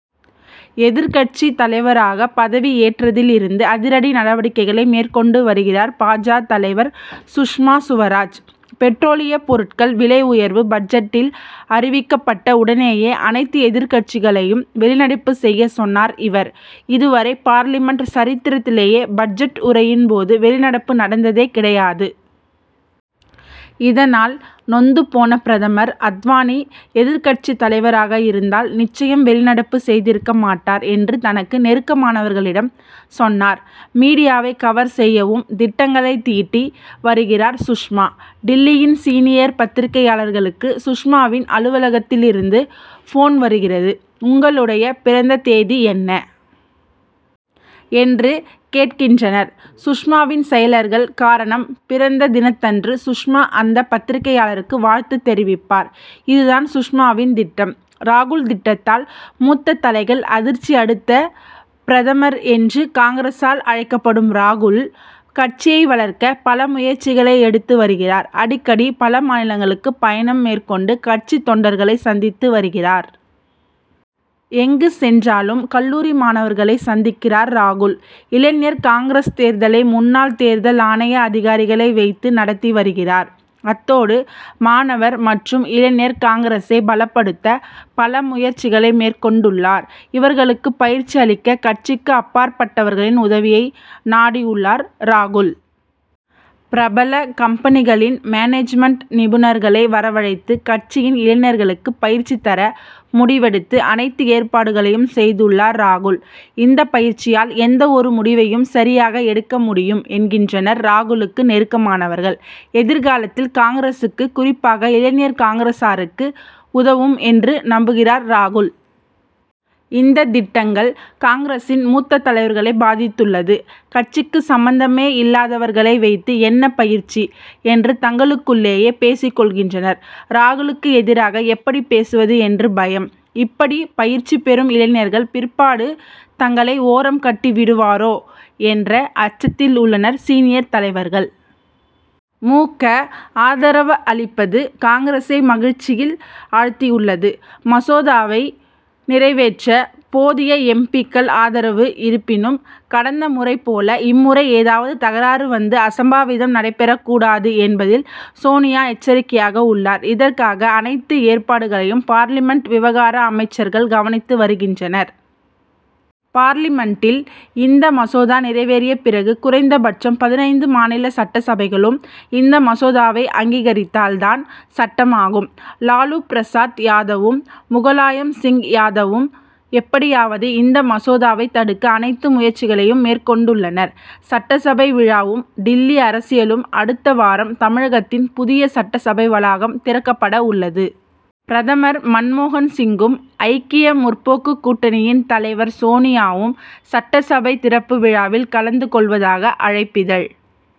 எதிர்க்கட்சித் தலைவராகப் பதவியேற்றதிலிருந்து அதிரடி நடவடிக்கைகளை மேற் கொண்டு வருகிறார். பா. ஜ., தலைவர் சுஷ்மா சுவராஜ். பெட்ரோலியப் பொருட்கள் விலை உயர்வு பட்ஜெட்டில் அறிவிக்கப்பட்ட உடனேயே அனைத்து எதிர்க்கட்சிகளையும் வெளிநடப்பு செய்யச் சொன்னார் இவர். இதுவரை பார்லிமென்ட் சரித்திரத்திலேயே பட்ஜெட் உரையின் போது வெளிநடப்பு நடந்ததே கிடையாது. இதனால், நொந்து போன பிரதமர், அத்வானி எதிர்க்கட்சி தலைவராக இருந்தால் நிச்சயம் வெளிநடப்பு செய்திருக்கமாட்டார் என்று தனக்கு நெருக்கமானவர்களிடம் சொன்னார். மீடியாவை கவர் செய்யவும் திட்டங்களை தீட்டி வருகிறார் சுஷ்மா. டில்லியின் சீனியர் பத்திரிகையாளர்களுக்கு சுஷ்மாவின் அலுவலகத்திலிருந்து போன் வருகிறது. உங்களுடைய பிறந்த தேதி என்ன? என்று கேட்கின்றனர் சுஷ்மாவின் செயலர்கள். காரணம் பிறந்த தினத்தன்று சுஷ்மா அந்த பத்திரிகையாளருக்கு வாழ்த்து தெரிவிப்பார். இதுதான் சுஷ்மாவின் திட்டம். ராகுல் திட்டத்தால் மூத்த தலைகள் அதிர்ச்சி அடுத்த பிரதமர் என்று காங்கிரசால் அழைக்கப்படும் ராகுல், கட்சியை வளர்க்க பல முயற்சிகளை எடுத்து வருகிறார். அடிக்கடி பல மாநிலங்களுக்கு பயணம் மேற்கொண்டு கட்சித் தொண்டர்களை சந்தித்து வருகிறார். எங்கு சொன்றாலும் கல்லூரி மாணவர்களை சந்திக்கிறார் ராகுல். இளைஞர் காங்கிரஸ் தேர்தலை முன்னாள் தேர்தல் ஆணைய அதிகாரிகளை வைத்து நடத்தி வருகிறார். அத்தோடு மாணவர் மற்றும் இளைஞர் காங்கிரசை பலப்படுத்த பல முயற்சிகளை மேற்கொண்டுள்ளார். இவர்களுக்கு பயிற்சி அளிக்க கட்சிக்கு அப்பாற்பட்டவர்களின் உதவியை நாடியுள்ளார் ராகுல். பிரபல கம்பெனிகளின் மேனேஜ்மென்ட் நிபுணர்களை வரவழைத்து கட்சியின் இளைஞர்களுக்கு பயிற்சி தர முடிவெடுத்து அனைத்து ஏற்பாடுகளையும் செய்துள்ளார் ராகுல். இந்தப் பயிற்சியால் எந்த ஒரு முடிவையும் சரியாக எடுக்க முடியும் என்கின்றனர் ராகுலுக்கு நெருக்கமானவர்கள். எதிர்காலத்தில் காங்கிரசுக்கு, குறிப்பாக இளைஞர் காங்கிரசாருக்கு உதவும் என்று நம்புகிறார் ராகுல். இந்த திட்டங்கள் காங்கிரசின் மூத்த தலைவர்களை பாதித்துள்ளது. கட்சிக்கு சம்பந்தமே இல் லாதவர்களை வைத்து என்ன பயிற்சி? என்று தங்களுக்குள் ளேயே பேசிக் கொள்கின்றனர். ராகுலுக்கு எதிராக எப்படி பேசுவது என்று பயம். இப்படி பயிற்சி பெறும் இளைஞர்கள், பிற்பாடு தங்களை ஓரம் கட்டிவிடுவரோ என்ற அச்சத்தில் உள்ளனர் சீனியர் தலைவர்கள். மு. க., ஆதரவளிப்பது காங்கிரசை மகிழ்ச்சியில் ஆழ்த்தியுள்ளது. மசோதாவை நிறைவேற்ற போதிய எம். பி.,க்கள் ஆதரவு இருப்பினும், கடந்த முறை போல இம்முறை ஏதாவது தகராறு வந்து, அசம்பாவிதம் நடைபெறக் கூடாது என்பதில் சோனியா எச்சரிக்கையாக உள்ளார். இதற்காக, அனைத்து ஏற்பாடுகளையும் பார்லிமென்ட் விவகார அமைச்சர்கள் கவனித்து வருகின்றனர். பார்லிமென்டில் இந்த மசோதா நிறைவேறிய பிறகு, குறைந்தபட்சம் பதினைந்து மாநில சட்டசபைகளும் இந்த மசோதாவை அங்கீகரித்தால் தான் சட்டமாகும். லாலு பிரசாத் யாதவும், முகலாயம் சிங் யாதவும் எப்படியாவது இந்த மசோதாவை தடுக்க அனைத்து முயற்சிகளையும் மேற்கொண்டுள்ளனர். சட்டசபை விழாவும் டில்லி அரசியலும் அடுத்த வாரம் தமிழகத்தின் புதிய சட்டசபை வளாகம் திறக்கப்படவுள்ளது. பிரதமர் மன்மோகன் சிங்கும், ஐக்கிய முற்போக்கு கூட்டணியின் தலைவர் சோனியாவும் சட்டசபை திறப்பு விழாவில் கலந்து கொள்வதாக அழைப்பிதழ்